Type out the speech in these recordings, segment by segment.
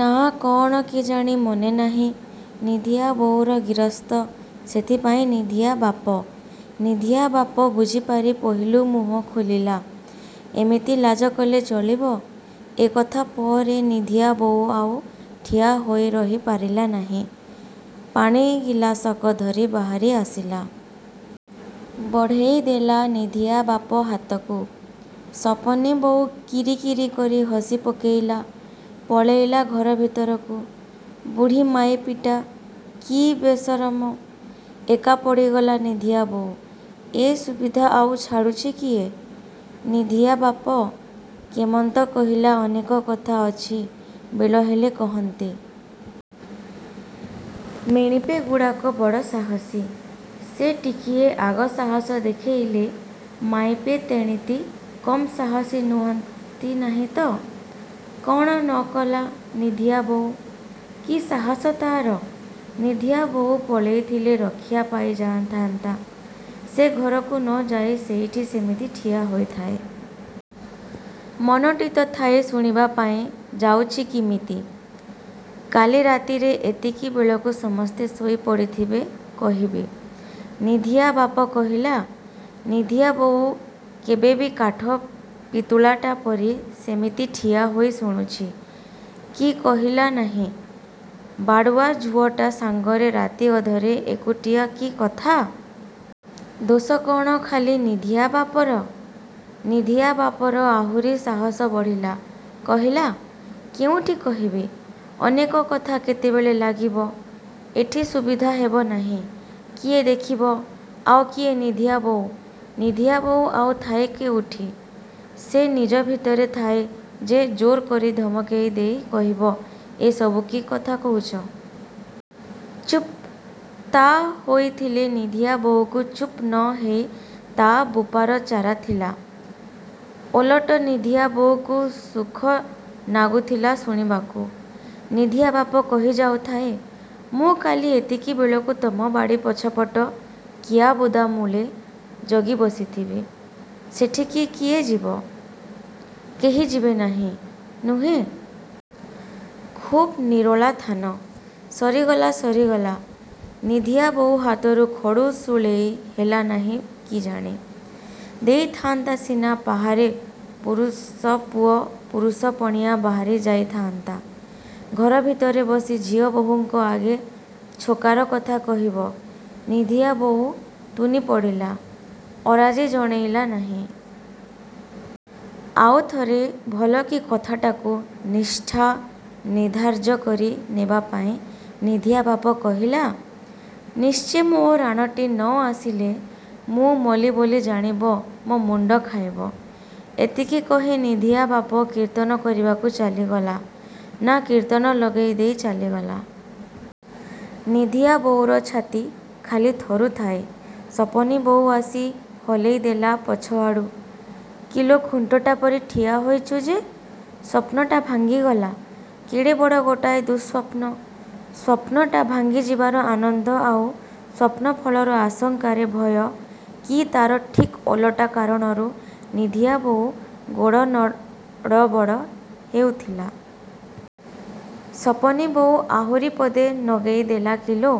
ନାଆଁ କ'ଣ କେଜାଣି ମନେ ନାହିଁ। ନିଧିଆ ବୋଉର ଗିରସ୍ତ, ସେଥିପାଇଁ ନିଧିଆ ବାପ। ନିଧିଆ ବାପ ବୁଝିପାରି ପହିଲୁ ମୁହଁ ଖୋଲିଲା''ଏମିତି ଲାଜକଲେ ଚଳିବ? '' ଏକଥା ପରେ ନିଧିଆବୋଉ ଆଉ ଠିଆ ହୋଇ ରହି ପାରିଲାନାହିଁ। ପାଣି ଗିଲାସକ ଧରି ବାହାରି ଆସିଲା। ବଢ଼େଇ ଦେଲା ନିଧିଆବାପ ହାତକୁ। ସପନୀବୋଉ କିରି କିରି କରି ହସି ପକେଇଲା। ପଳେଇଲା ଘର ଭିତରକୁ। ବୁଢ଼ୀ ମାଇପିଟା। କି ବେସରମ। ଏକା ପଡ଼ିଗଲା ନିଧିଆ ବୋଉ। ଏ ସୁବିଧା ଆଉ ଛାଡ଼ୁଛି କିଏ? ନିଧିଆବାପ କେମନ୍ତ କହିଲା ଅନେକ କଥା ଅଛି ବେଳହେଲେ କହନ୍ତି। ମିଣିପେଗୁଡ଼ାକ ବଡ଼ ସାହସୀ। ସେ ଟିକିଏ ଆଗ ସାହସ ଦେଖେଇଲେ ମାଇପେ ତେଣିତି କମ୍ ସାହସୀ ହୁଅନ୍ତି ନାହିଁତ! କ'ଣ ନକଲା ନିଧିଆ ବୋଉ। କି ସାହସ ତା'ର! ନିଧିଆବୋଉ ପଳେଇଥିଲେ ରକ୍ଷା ପାଇ ଯାଇଥାନ୍ତା। ସେ ଘରକୁ ନଯାଇ ସେଇଠି ସେମିତି ଠିଆ ହୋଇଥାଏ। ମନଟି ତ ଥାଏ ଶୁଣିବାପାଇଁ ଯାଉଚି କିମିତି। ''କାଲି ରାତିରେ ଏତିକିବେଳକୁ ସମସ୍ତେ ଶୋଇ ପଡ଼ିଥିବେ କହିବି। '' ନିଧିଆ ବାପ କହିଲା। ନିଧିଆବୋଉ ତେବେବି କାଠ ପିତୁଳାଟାପରି ସେମିତି ଠିଆ ହୋଇ ଶୁଣୁଛି। କି କହିଲାନାହିଁ ବାଡ଼ୁଅ ଝୁଅଟା ସାଙ୍ଗରେ ରାତିଅଧରେ ଏକୁଟିଆ କି କଥା! ଦୋଷ କ'ଣ ଖାଲି ନିଧିଆବାପର! ନିଧିଆବାପର ଆହୁରି ସାହସ ବଢ଼ିଲା। କହିଲା''କେଉଠି କହିବି? ଅନେକ କଥା କେତେବେଳ ଲାଗିବ। ଏଠି ସୁବିଧା ହେବ ନାହିଁ। କିଏ ଦେଖିବ। '' ଆଉ ନିଧିଆ ବୋଉ! ନିଧିଆବୋଉ ଆଉ ଥାଏ କୋଉଠି। ସେ ନିଜଭିତରେ ଥାଏ ଯେ ଜୋର୍ କରି ଧମକେଇ ଦେଇ କହିବ ଏସବୁ କି କଥା କହୁଚ? ଚୁପ୍। ତା' ହୋଇଥିଲେ ନିଧିଆବୋଉକୁ ଚୁପ୍ ନ ହେଇ ତା' ବୁପାର ଚାରା ଥିଲା? ଓଲଟ ନିଧିଆ ବୋଉକୁ ସୁଖ ନାଗୁଥିଲା ଶୁଣିବାକୁ। ନିଧିଆବାପ କହିଯାଉଥାଏ ''ମୁଁ କାଲି ଏତିକିବେଳକୁ ତମ ବାଡ଼ି ପଛପଟ କିଆବୁଦା ମୂଳେ ଜଗିବସିଥିବି। ସେଠିକି କିଏ ଯିବ? କେହି ଯିବେ ନାହିଁ, ନୁହେଁ? ଖୁବ୍ ନିରୋଳା ଥାନ '' ସରିଗଲା ସରିଗଲା। ନିଧିଆବୋଉ ହାତର ଖଡ଼ୁ ଶୂଳେଇ ହେଲାନାହିଁ କିଜାଣି। ଦେଇଥାନ୍ତା ସିନା ପାହାରେ ପୁରୁଷପୁଅର ପୁରୁଷପଣିଆ ବାହାରି ଯାଇ ଥାଆନ୍ତା। ଘର ଭିତରେ ବସି ଝିଅବହୂଙ୍କ ଆଗେ ଛୋକାର କଥା କହିବ। ନିଧିଆବୋଉ ତୁନିପଡ଼ିଲା। ଅରାଜି ଜଣେଇଲା ନାହିଁ। ଆଉ ଥରେ ଭଲକି କଥାଟାକୁ ନିଷ୍ଠା ନିଧାର୍ଯ୍ୟ କରି ନେବାପାଇଁ ନିଧିଆବାପ କହିଲା 'ନିଶ୍ଚେ ମୋ ରାଣଟି ନ ଆସିଲେ ମୁଁ ମଲି ବୋଲି ଜାଣିବ ମୋ ମୁଣ୍ଡ ଖାଇବ। ' ଏତିକି କହି ନିଧିଆବାପ କୀର୍ତ୍ତନ କରିବାକୁ ଚାଲିଗଲା ନା କୀର୍ତ୍ତନ ଲଗେଇ ଦେଇ ଚାଲିଗଲା। ନିଧିଆବୋଉର ଛାତି ଖାଲି ଥରୁଥାଏ ସପନୀବୋଉ ଆସି ହଲେଇ ଦେଲା ପଛଆଡ଼ୁ''କିଲୋ ଖୁଣ୍ଟଟା ପରି ଠିଆହେଇଚୁ ଯେ। '' ସ୍ୱପ୍ନଟା ଭାଙ୍ଗିଗଲା। କେଡ଼େ ବଡ଼ ଗୋଟାଏ ଦୁଃସ୍ୱପ୍ନ। ସ୍ୱପ୍ନଟା ଭାଙ୍ଗି ଯିବାର ଆନନ୍ଦ ଆଉ ସ୍ୱପ୍ନଫଳର ଆଶଙ୍କାରେ ଭୟ କି ତା'ର ଠିକ୍ ଓଲଟା କାରଣରୁ ନିଧିଆବୋଉ ଗୋଡ଼ ନଡ଼ବଡ଼ ହେଉଥିଲା। ସପନୀବୋଉ ଆହୁରି ପଦେ ନଗେଇଦେଲା''କିଲୋ?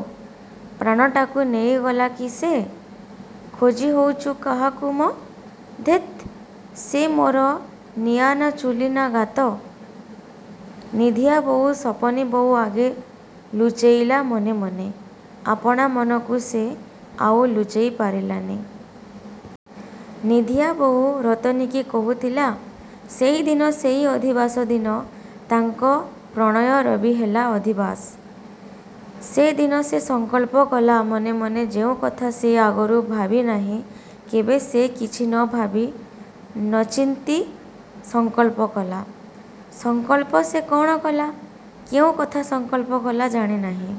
ପ୍ରାଣଟାକୁ ନେଇଗଲା କି ସେ? ଖୋଜି ହଉଚୁ କାହାକୁ ମ! '' ''ଧେତ୍, ସେ ମୋର ନିଆଁ ନା ଚୁଲି ନା ଗାତ? ''। ନିଧିଆବୋଉ ସପନୀବୋଉ ଆଗେ ଲୁଚେଇଲା ମନେ ମନେ। ଆପଣାମନକୁ ସେ ଆଉ ଲୁଚେଇ ପାରିଲାନି। ନିଧିଆବୋଉ ରତନୀକି କହୁଥିଲା ସେଇଦିନ ସେଇ ଅଧିବାସ ଦିନ ତାଙ୍କ ପ୍ରଣୟରବି ହେଲା ଅଧିବାସ। ସେଦିନ ସେ ସଂକଳ୍ପ କଲା ମନେ ମନେ ଯେଉଁକଥା ସେ ଆଗରୁ ଭାବିନାହିଁ କେବେ ସେ କିଛି ନ ଭାବି ନଚିନ୍ତି ସଂକଳ୍ପ କଲା। ସଂକଳ୍ପ ସେ କ'ଣ କଲା, କେଉଁ କଥା ସଂକଳ୍ପ କଲା ଜାଣେ ନାହିଁ।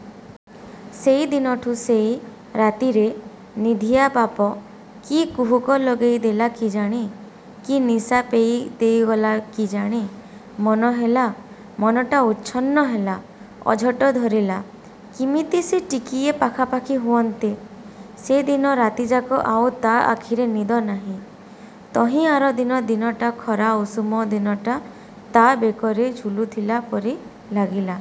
ସେଇଦିନଠୁ, ସେଇ ରାତିରେ ନିଧିଆବାପ କି କୁହୁକ ଲଗେଇ ଦେଲା କିଜଣି, କି ନିଶା ପେଇ ଦେଇଗଲା କିଜାଣି, ମନହେଲା, ମନଟା ଉଚ୍ଛନ୍ନ ହେଲା, ଅଝଟ ଧରିଲା, କିମିତି ସେ ଟିକିଏ ପାଖାପାଖି ହୁଅନ୍ତେ। ସେଦିନ ରାତିଯାକ ଆଉ ତା' ଆଖିରେ ନିଦନାହିଁ। ତହିଁଆରଦିନ ଦିନଟା, ଖରା ଉଷୁମ ଦିନଟା ତା' ବେକରେ ଝୁଲୁଥିଲା ପରି ଲାଗିଲା।